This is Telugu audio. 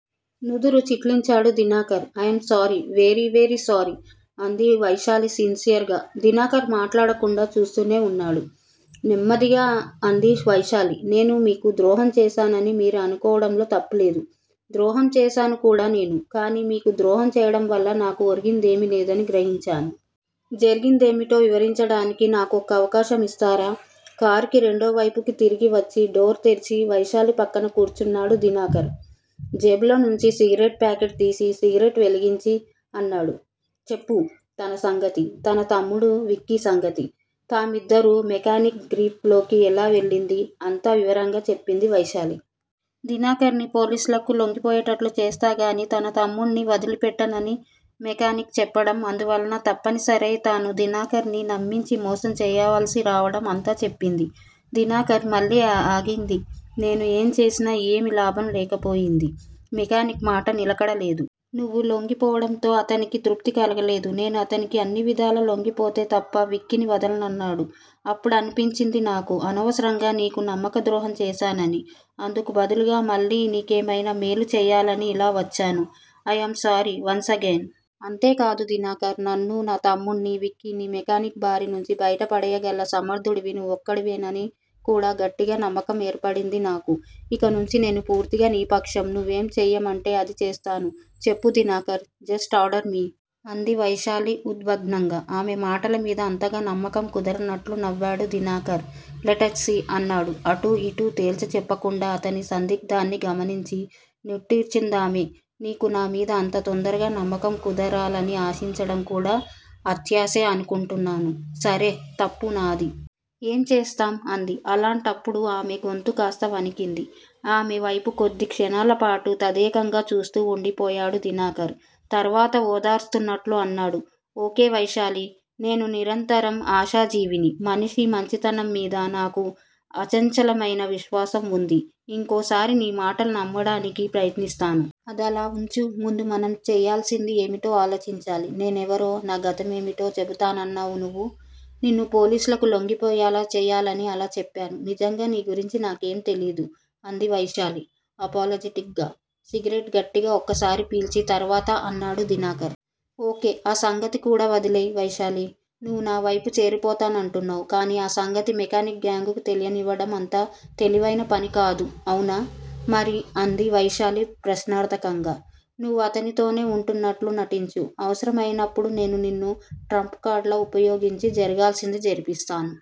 నుదురు చిట్లించాడు Dinakar. I am sorry! Very very sorry! అంది వైశాలి సిన్సియర్ గా. దినకర్ మాట్లాడకుండా చూస్తూనే వున్నాడు. నెమ్మదిగా అంది వైశాలి. నేను మీకు ద్రోహం చేసానని మీరు అనుకోవడంలో తప్పులేదు. ద్రోహం చేసాను కూడా నేను. కానీ మీకు ద్రోహం చేయడం వల్ల నాకు ఒరిగిందేమీ లేదని గ్రహించాను. జరిగిందేమిటో వివరించడానికి నాకు ఒక్క అవకాశం ఇస్తారా? కారుకి రెండో వైపుకి తిరిగివచ్చి డోర్ తెరిచి వైశాలి పక్కన కూర్చున్నాడు దినకర్. జేబులోనుంచి సిగరెట్ ప్యాకెట్ తీసి సిగరెట్ వెలిగించి అన్నాడు. చెప్పు! తన సంగతీ, తన తమ్ముడు విక్కీ సంగతీ, తామిద్దరూ మెకానిక్ గ్రిప్ లోకి ఎలా వెళ్ళిందీ అంతా వివరంగా చెప్పింది వైశాలి. దినకర్ ని పోలీసులకి లొంగిపోయేటట్లు చేస్తేగానీ తన తమ్ముడిని వదిలిపెట్టనని మెకానిక్ చెప్పడం, అందువల్ల తప్పనిసరై తను దినకర్ ని నమ్మించి మోసం చేయవలసి రావడం అంతా చెప్పింది. దినకర్! మళ్ళీ ఆగింది నేను ఏం చేసినా ఏమీ లాభం లేకపోయింది. మెకానిక్ మాట నిలకడ లేదు. నువ్వు లొంగిపోవడంతో అతనికి తృప్తి కలగలేదు. నేను అతనికి అన్ని విధాలా లొంగిపోతే తప్ప విక్కీని వదలనన్నాడు. అప్పుడనిపించింది నాకు! అనవసరంగా నీకు నమ్మక ద్రోహం చేశానని! అందుకు బదులుగా మళ్ళీ నీకేమయినా మేలు చెయ్యాలని ఇలా వచ్చాను. I am sorry! Once again! అంతేకాదు దినకర్! నన్నూ, నా తమ్ముడు విక్కీని మెకానిక్ బారినుంచి బయట పడెయ్యగల సమర్దుడివి నువ్వొక్కడివే అని కూడా గట్టిగా నమ్మకం ఏర్పడిపోయింది నాకు. ఇక నుంచీ నేను పూర్తిగా నీ పక్షం! నువ్వేం చేయమంటే అది చేస్తాను. చెప్పు దినకర్! Just order me! అంది వైశాలి ఉద్విగ్నంగా. ఆమె మాటలమీద అంతగా నమ్మకం కుదరనట్లు నవ్వాడు దినకర్. Let's see! అన్నాడు అటూ ఇటూ తేల్చిచెప్పకుండా. అతని సందిగ్ధతని గమనించి నిట్టూర్చిందామె. నీకు నా మీద అంత తొందరగా నమ్మకం కుదరాలని ఆశించడం కూడా అత్యాశే అనుకుంటాను. సరే తప్పు నాది! ఏం చేస్తాం? అంది. అలా అంటున్నప్పుడు ఆమె గొంతు కాస్త వణికింది. ఆమె వైపు కొద్ది క్షణాలపాటు తదేకంగా చూస్తూ వుండిపోయాడు దినకర్. తర్వాత ఓదారుస్తున్నట్లు అన్నాడు. ఓకే వైశాలి! నేను నిరంతరం ఆశాజీవిని. మనిషి మంచితనంమీద నాకు అచంచలమయిన విశ్వాసం వుంది. ఇంకోసారి నీ మాటలు నమ్మడానికి ప్రయత్నిస్తాను. అదలా వుంచు. ముందు మనం చెయ్యాల్సింది ఏమిటో ఆలోచించాలి. నేనెవరో, నా గతమేమిటో చెబుతానన్నావు నువ్వు! నిన్ను పోలీసులకి లొంగిపోయేలా చెయ్యాలని అలా చెప్పాను. నిజంగా నీ గురించి నాకేం తెలీదు అంది వైశాలి అపాలజెటిక్ గా. సిగరెట్ గట్టిగా ఒకసారి పీల్చి తర్వాత అన్నాడు దినకర్! ఓకే! ఆ సంగతి కూడా వదిలెయ్! వైశాలీ! నువ్వు నావైపు చేరిపోతానంటున్నావు. కానీ ఆ సంగతి మెకానిక్ గ్యాంగుకి తెలియనివ్వడం అంత తెలివయిన పనికాదు అవునా? మరి? అంది వైశాలి ప్రశ్నార్ధకంగా. నువ్వు అతనితోనే వుంటున్నట్లు నటించు. అవసరమయినప్పుడు నేను నిన్ను ట్రంప్ కార్డులా ఉపయోగించి జరగాల్సింది జరిపిస్తాను.